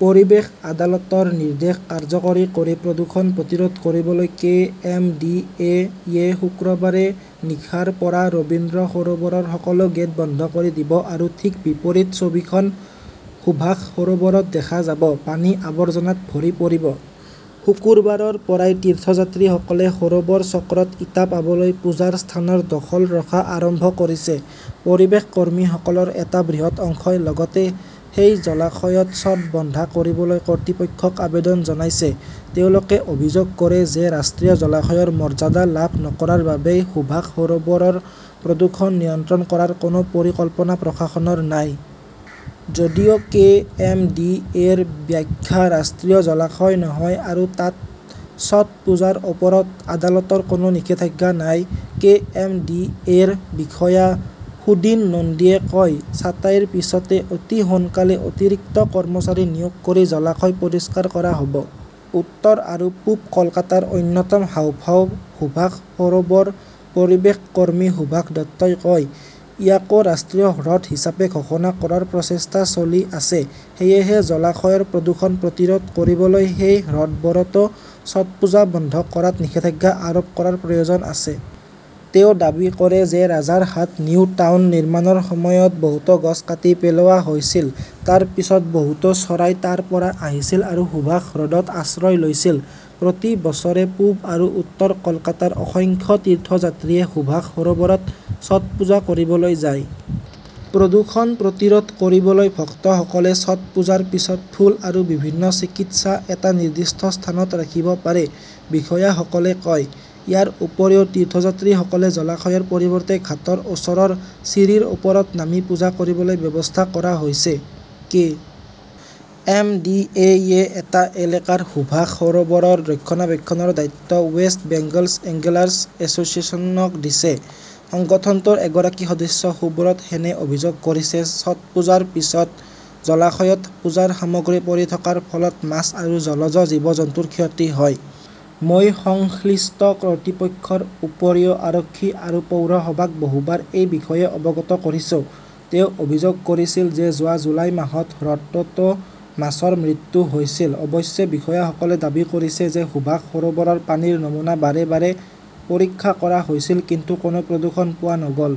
পৰিৱেশ আদালতৰ নিৰ্দেশ কাৰ্যকৰী কৰি প্ৰদূষণ প্ৰতিৰোধ কৰিবলৈ কে. এম. ডি. এ. -য়ে শুকুৰবাৰে নিশাৰ পৰা ৰবীন্দ্ৰ সৰোবৰৰ সকলো গেট বন্ধ কৰি দিব আৰু ঠিক বিপৰীত ছবিখন সুভাষ সৰোবৰত দেখা যাব। পানী আবৰ্জনাত ভৰি পৰিব। শুকুৰবাৰৰ পৰাই তীৰ্থযাত্ৰীসকলে সৰোবৰ চক্ৰত ইটা পাবলৈ পূজাৰ স্থানৰ 'দখল' ৰখা আৰম্ভ কৰিছে। পৰিৱেশ কৰ্মীসকলৰ এটা বৃহৎ অংশই লগতে সেই জলাশয়ত ছট বন্ধ কৰিবলৈ কৰ্তৃপক্ষক আবেদন জনাইছে। তেওঁলোকে অভিযোগ কৰে যে ৰাষ্ট্ৰীয় জলাশয়ৰ মৰ্যাদা লাভ নকৰাৰ বাবেই সুভাষ সৰোবৰৰ প্ৰদূষণ নিয়ন্ত্ৰণ কৰাৰ কোনো পৰিকল্পনা প্ৰশাসনৰ নাই। যদিও কে. এম. ডি. এ. -ৰ ব্যাখ্যা, ৰাষ্ট্ৰীয় জলাশয় নহয় আৰু তাত ছট পূজাৰ ওপৰত আদালতৰ কোনো নিষেধাজ্ঞা নাই। কে. এম. ডি. এ.ৰ বিষয়া সুদিন নন্দীয়ে কয়, "ছাঁটাইৰ পিছতে অতি সোনকালে অতিৰিক্ত কৰ্মচাৰী নিয়োগ কৰি জলাশয় পৰিষ্কাৰ কৰা হ'ব। "উত্তৰ আৰু পূব কলকাতাৰ অন্যতম হাঁওফাঁও সুভাষ সৰোবৰ" পৰিৱেশ কৰ্মী সুভাষ দত্তই কয়। ইয়াকও ৰাষ্ট্ৰীয় হ্ৰদ হিচাপে ঘোষণা কৰাৰ প্ৰচেষ্টা চলি আছে। সেয়েহে জলাশয়ৰ প্ৰদূষণ প্ৰতিৰোধ কৰিবলৈ সেই হ্ৰদবোৰতো ছটপূজা বন্ধ কৰাত নিষেধাজ্ঞা আৰোপ কৰাৰ প্ৰয়োজন আছে। "তেওঁ দাবী কৰে যে ৰাজাৰহাট-নিউ টাউন নিৰ্মাণৰ সময়ত বহুতো গছ কাটি পেলোৱা হৈছিল। তাৰ পিছত বহুতো চৰাই তাৰ পৰা আহিছিল আৰু সুভাষ হ্ৰদত আশ্ৰয় লৈছিল। প্ৰতি বছৰে পূব আৰু উত্তৰ কলকাতাৰ অসংখ্য তীৰ্থযাত্ৰীয়ে সুভাষ সৰোবৰত ছট পূজা কৰিবলৈ যায়। প্ৰদূষণ প্ৰতিৰোধ কৰিবলৈ ভক্তসকলে ছটপুজাৰ পিছত ফুল আৰু বিভিন্ন চিকিৎসা এটা নিৰ্দিষ্ট স্থানত ৰাখিব পাৰে, বিষয়াসকলে কয়। ইয়াৰ উপৰিও, তীৰ্থযাত্ৰীসকলে জলাশয়ৰ পৰিৱৰ্তে ঘাটৰ ওচৰৰ চিৰিৰ ওপৰত নামি পূজা কৰিবলৈ ব্যৱস্থা কৰা হৈছে। কে. এম. ডি. এ. -য়ে এটা এলেকাৰ সুভাষ সৰোবৰৰ ৰক্ষণাবেক্ষণৰ দায়িত্ব "ৱেষ্ট বেংগল এঙ্গেলাৰ্ছ এছ'চিয়েশ্যন"-ক দিছে। সংগঠনটোৰ এগৰাকী সদস্য সুব্ৰত সেনে অভিযোগ কৰিছে, "ছটপুজাৰ পিছত জলাশয়ত পূজাৰ সামগ্ৰী পৰি থকাৰ ফলত মাছ আৰু জলজ জীৱ-জন্তুৰ ক্ষতি হয়। মই সংশ্লিষ্ট কৰ্তৃপক্ষৰ উপৰিও আৰক্ষী আৰু পৌৰসভাক বহুবাৰ এই বিষয়ে অৱগত কৰিছো। তেওঁ অভিযোগ কৰিছিল যে যোৱা জুলাই মাহত হ্ৰদটোতও মাছৰ মৃত্যু হৈছিল। অৱশ্যে, বিষয়াসকলে দাবী কৰিছে যে সুভাষ সৰোবৰৰ পানীৰ নমুনা বাৰে বাৰে পৰীক্ষা কৰা হৈছিল, কিন্তু কোনো প্ৰদূষণ পোৱা নগ'ল।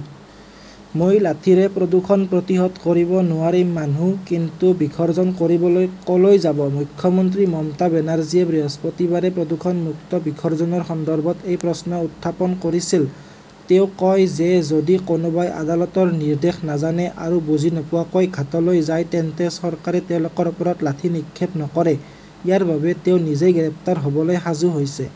'মই লাঠিৰে প্ৰদূষণ প্ৰতিহত কৰিব নোৱাৰিম' মানুহ কিন্তু বিসৰ্জন কৰিবলৈ ক'লৈ যাব? মুখ্যমন্ত্ৰী মমতা বেনাৰ্জীয়ে বৃহস্পতিবাৰে ''প্ৰদূষণমুক্ত "বিসৰ্জনৰ সন্দৰ্ভত এই প্ৰশ্ন উত্থাপন কৰিছিল। তেওঁ কয় যে যদি কোনোবাই আদালতৰ নিৰ্দেশ নাজানে আৰু বুজি নোপোৱাকৈ ঘাটলৈ যায়, তেন্তে চৰকাৰে তেওঁলোকৰ ওপৰত লাঠি নিক্ষেপ নকৰে। ইয়াৰ বাবে তেওঁ নিজেই গ্ৰেপ্তাৰ হ'বলৈ সাজু হৈছে।